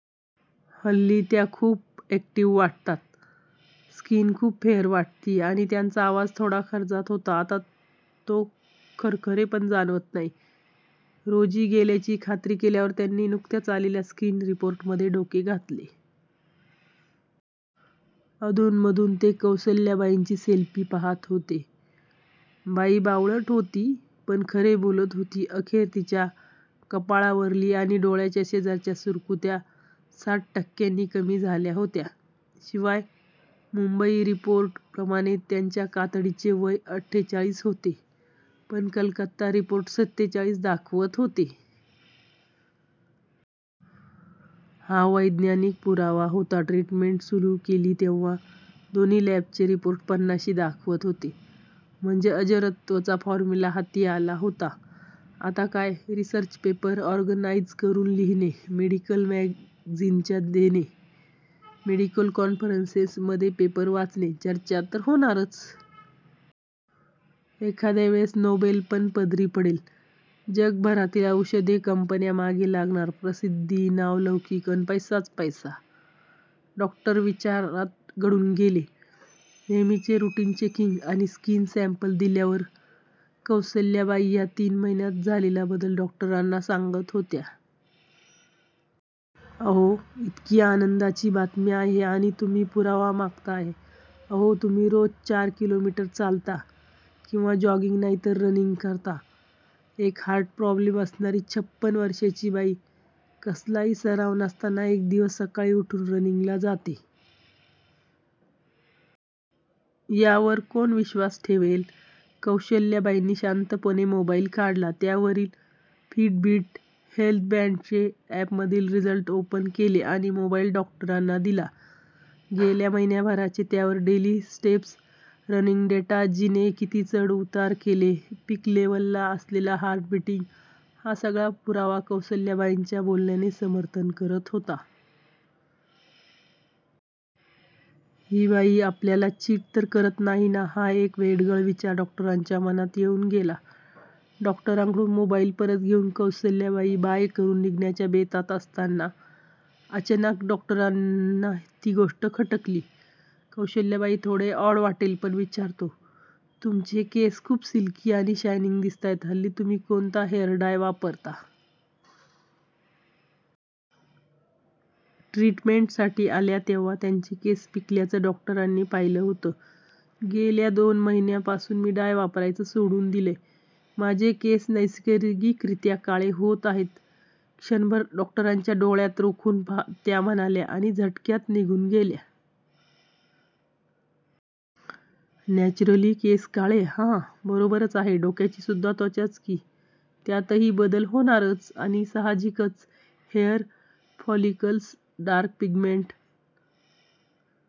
त्या हल्ली खूप ऍक्टिव्ह वाटतात. स्किन खूप फेयर वाटतीय आणि त्यांचा आवाज आधी थोडा खर्जात होता. आत्ता तो खरखरे पण जाणवत नाही! रोजी गेल्याची खात्री केल्यावर, त्यांनी नुकत्याच आलेल्या स्किन रिपोर्टमध्ये डोके घातले. अधून मधून ते कौसल्याबाईंची सेल्फी पहात होते. बाई बावळट होती. पण खरे बोलत होती! खरेच तिच्या कपाळावरली आणि डोळ्याच्या शेजारच्या सुरुकुत्या साठ टक्क्यांनी कमी झाल्या होत्या! शिवाय मुंबई रिपोर्ट प्रमाणे त्यांच्या कातडीचे वय अठ्ठेचाळी होते, तर कलकत्ता रिपोर्ट सत्तेचाळीस दाखवत होते! हा वैज्ञानिक पुरावा होता! ट्रीटमेंट सुरु केली तेव्हा दोन्ही लॅबचे रोपोर्ट पन्नाशी दाखवत होते! म्हणजे 'अजरत्वचा फार्मुला' हाती आला होता! आता काय? रिसर्च पेपर ऑर्गनाईझ करून लिहणे, मेडिकल मॅगझिनच्या देणे, मेडिकल कॉन्फरन्सेस मध्ये पेपर वाचणे, चर्चा तर होणारच. एखादे वेळेस नोबल पण पदरी पडेल! जगभरातील औषध कंपन्या मागे लागणार, प्रसिद्धी, नावलौकिक, अन पैसाच पैसा!!! डॉक्टर विचारात गढून गेले. नेहमीचे रुटीन चेकिंग आणि स्किन सॅम्पल दिल्यावर कौसल्याबाई या तीन महिन्यात झालेला बदल डॉक्टरांना सांगत होत्या. "अहो, इतकी आनंदाची बातमी आहे, आणि तुम्ही पुरावा मागताय? " "अहो, तुम्ही रोज चार किलोमीटर, चालता किंवा जॉगिंग नाही तर रनिंग करता! एक हार्ट प्रॉब्लेम असणारी, छप्पन वर्षाची बाई, कसलाही सराव नसताना एक दिवस सकाळी उठून रनींगला जाते! यावर कोण विश्वास ठेवेल? " कौशल्याबाईंनी शांतपणे मोबाईल काढला. त्यावरील फिटबीट हेल्थबॅन्डचे ऍपमधील रिझल्ट ओपन केले आणि मोबाईल डॉक्टरांना दिला. गेला महिनाभराचे त्यावर, डेली स्टेप्स, रनिंग डेटा, जिने किती चढ उतार केले, पीकलेव्हलला असलेला हार्ट बिटिंग, हा सगळा पुरावा कौसल्याबाईंच्या बोलण्याचे समर्थन करत होता! हि बाई आपल्याला चिट तर करत नाही ना? हा एक वेडगळ विचार डॉक्टरांच्या मनात येऊन गेला. डॉक्टरांकडून मोबाईल परत घेवून कौसल्याबाई 'बाय' करून निघण्याच्या बेतात असताना, अचानक डॉक्टरांना ती गोष्ट खटकली. "कौशल्याबाई, थोडे ऑड वाटेल, पण विचारतो, तुमचे केस खूप सिल्की आणि शायनिंग दिसताहेत, हल्ली तुम्ही कोणता हेयर डाय वापरता?" " ट्रीटमेंट साठी आल्या तेव्हा, त्याचे केस पिकल्याच डॉक्टररानी पाहिलं होत. " गेल्या दोन महिन्या पासून मी डाय वापरायचं सोडून दिलंय! माझे केस नैसर्गिक रित्या काळे होत आहेत! " क्षणभर डॉक्टरांच्या डोळ्यात रोखून पहात त्या म्हणाल्या आणि झटक्यात निघून गेल्या! न्याचुरली केस काळे? हा, बरोबरच आहे! डोक्याची सुद्धा त्वचाच कि, त्यात हि बदल होणारच. सहाजिकच हेयर फॉलिकल्स डार्क पिगमेंट